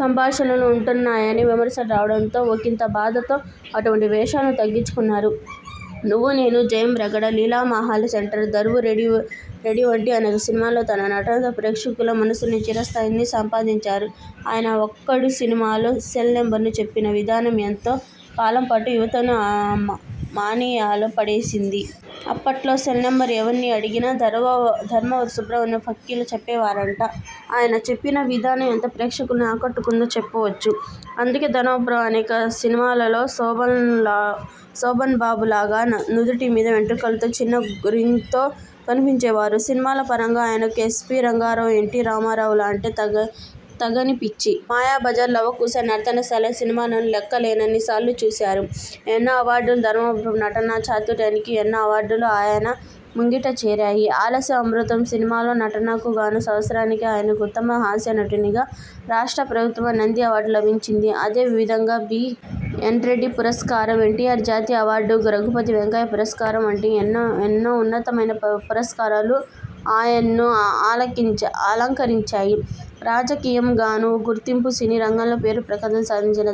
సంభాషణలు ఉంటున్నాయనే విమర్శలు రావడంతో ఒకింత బాధతో అటువంటి వేషాలను తగ్గించుకున్నారు. నువ్వునేను, జయం, రగడ, లీలామహల్ సెంటర్, దరువు, రెడీ వంటి అనేక సినిమాల్లో తన నటనతో ప్రేక్షకుల మనసుల్లో చిరస్థానాన్ని సంపాదించారు. ఆయన 'ఒక్కడు' సినిమాలో సెల్ నెంబరును చెప్పిన విధానం ఎంతో కాలంపాటు యువతను ఆ మానియాలో పడేసింది. అప్పట్లో సెల్నెంబరు ఎవర్ని అడిగినా ధర్మవరపు సుబ్రహ్మణ్యం ఫక్కీలో చెప్పేవారంటే ఆయన చెప్పిన విధానం ఎంతగా ప్రేక్షకుల్ని ఆకట్టుకుందో చెప్పొచ్చు. అందుకే ధర్మవరపు అనేక సినిమాల్లో శోభన్బాబులాగే నుదిటి మీద వెంట్రుకలతో చిన్న రింగ్తో కనిపించేవారు. సినిమాల పరంగా ఆయనకు ఎస్. వి. రంగారావు, ఎన్టీ రామారా వులంటే తగని పిచ్చి. మాయాబజార్, లవకుశ, నర్తనశాల సినిమాలను లెక్కలేనన్ని సార్లు చూశారు. ఎన్నో అవార్డులు ధర్మవరపు నటనా చాతుర్యానికి ఎన్నో అవార్డులు ఆయన ముంగిట చేరాయి. 'ఆలస్యం అమృతం' సినిమాలో నటనకు గాను సంవత్సరానికి ఆయనకు ఉత్తమ హాస్య నటునిగా రాష్ట్ర ప్రభుత్వ నంది అవార్డు లభించింది. అదే విధంగా బి. ఎన్. రెడ్డి పురస్కారం, ఎన్టీఆర్ జాతీయ అవార్డు, రఘుపతి వెంకయ్య పురస్కారం వంటి ఎన్నోఉన్నతమైన పురస్కారాలు ఆయన్ను అలంకరించాయి. రాజకీయం గానూ గుర్తింపు సినీ రంగంలో పేరు ప్రఖ్యాతులు సాధించిన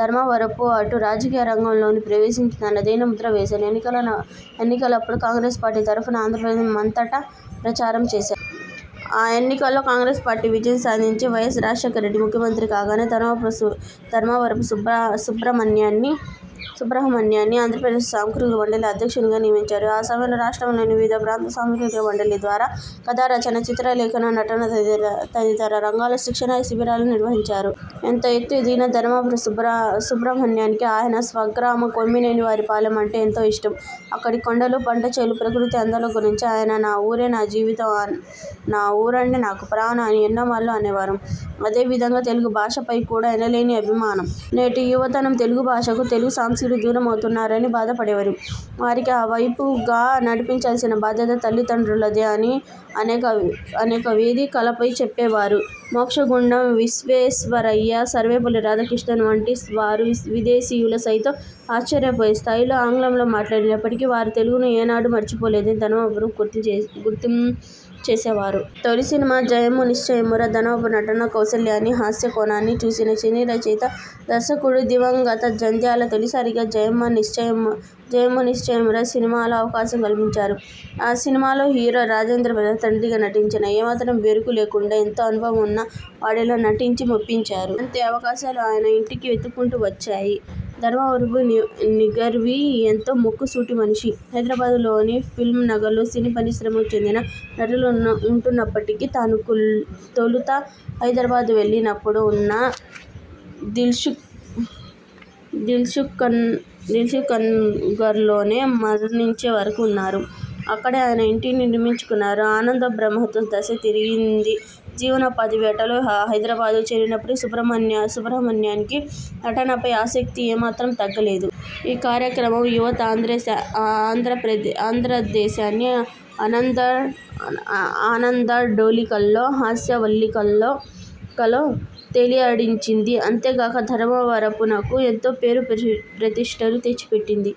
ధర్మవరపు అటు రాజకీయ రంగం లోనూ ప్రవేశించి తనదైన ముద్ర వేశారు. ఎన్నికలప్పుడు కాంగ్రెస్ పార్టీ తరఫున ఆంధ్రదేశ మంతటా ప్రచారం చేశారు. ఆ ఎన్నికల్లో కాంగ్రెస్ పార్టీ విజయం సాధించి వై. యస్. రాజశేఖర రెడ్డి ముఖ్యమంత్రి కాగానే ధర్మవరపు సుబ్రహ్మణ్యాన్ని ఆంధ్ర ప్రదేశ్ సాంస్కృతిక మండలి అధ్యక్షునిగా నియమించారు. ఆ సమయంలో రాష్ట్రం లోని వివిధ ప్రాంతాల్లో సాంస్కృతిక మండలి ద్వారా కథా రచన, చిత్రలేఖనం, నటన తదితర రంగాల్లో శిక్షణా శిబిరాలను నిర్వహించారు. ఎంత ఎత్తు ఎదిగినా ధర్మవరపు సుబ్రహ్మణ్యానికి ఆయన స్వగ్రామం కొమ్మినేని వారి పాలెం అంటే ఎంతో ఇష్టం. అక్కడి కొండలు, పంటచేలు ప్రకృతి అందాల గురించి ఆయన 'నా ఊరే నా జీవితం. నా ఊరంటే నాకు ప్రాణం' అని ఎన్నోమార్లు అనేవారు. అదే విధంగా తెలుగు భాషపై కూడా ఎనిలేని అభిమానం. నేటి యువతరం తెలుగు భాషకు, తెలుగు సంస్కృతికి దూరమవుతున్నారని బాధపడేవారు. వారిని ఆవైపు గా నడిపించాల్సిన బాధ్యత తల్లి దండ్రులదే అని అనేక వేది కలపై చెప్పేవారు. మోక్షగుండం విశ్వే శ్వరయ్య, సర్వేపల్లి రాధాకృష్ణన్ వంటి వారు విదేశీయులు సైతం ఆశ్చర్యపోయే స్థాయిలో ఆంగ్లంలో మాట్లాడినప్పటికీ వారు తెలుగును ఏనాడూ మరిచి పోలేదని ధర్మవరపు గుర్తుచేసేవారు. తొలి సినిమా జయమ్ము నిశ్చయమ్మురా ధర్మవరపు నటనా కౌశల్యాన్ని, హాస్యకోణాన్ని చూసిన సినీ రచయిత, దర్శకుడు దివంగత జంధ్యాల తొలిసారిగా 'జయమ్ము నిశ్చయమ్మురా' సినిమాలో అవకాశం కల్పించారు. ఆ సినిమాలో హీరో రాజేంద్రప్రసాద్ తండ్రిగా నటించినా ఏమాత్రం బెరుకు లేకుండా ఎంతో అనుభవమున్న వాడిలా నటించి మెప్పించారు. అంతే అవకాశాలు ఆయన ఇంటికి వెతుక్కుంటూ వచ్చాయి. ధర్మవరపు నిగర్వి ఎంతో ముక్కుసూటి మనిషి. హైదరాబాదు లోని ఫిల్మ్నగర్లో సినీ పరిశ్రమ చెందిన నటులు ఉంటున్నప్పటికీ తాను తొలుత హైదరాబాదు వెళ్లినపుడు ఉన్న దిల్షుక్నగర్లోనే మరణించే వరకు ఉన్నారు. అక్కడే ఆయన ఇంటిని నిర్మించుకున్నారు. ఆనందో బ్రహ్మతో దశ తిరిగింది జీవనోపాధి వేటలో హైదరాబాదు చేరినప్పటికి సుబ్రహ్మణ్యానికి నటనపై ఆసక్తి ఏ మాత్రం తగ్గలేదు. ఈ కార్యక్రమం యావత్ ఆంధ్రదేశాన్ని ఆనందడోలికల్లో, హాస్యవల్లికలో తేలియాడించింది. అంతేగాక ధర్మవరపునకు ఎంతో పేరు ప్రతిష్ఠలు తెచ్చిపెట్టింది.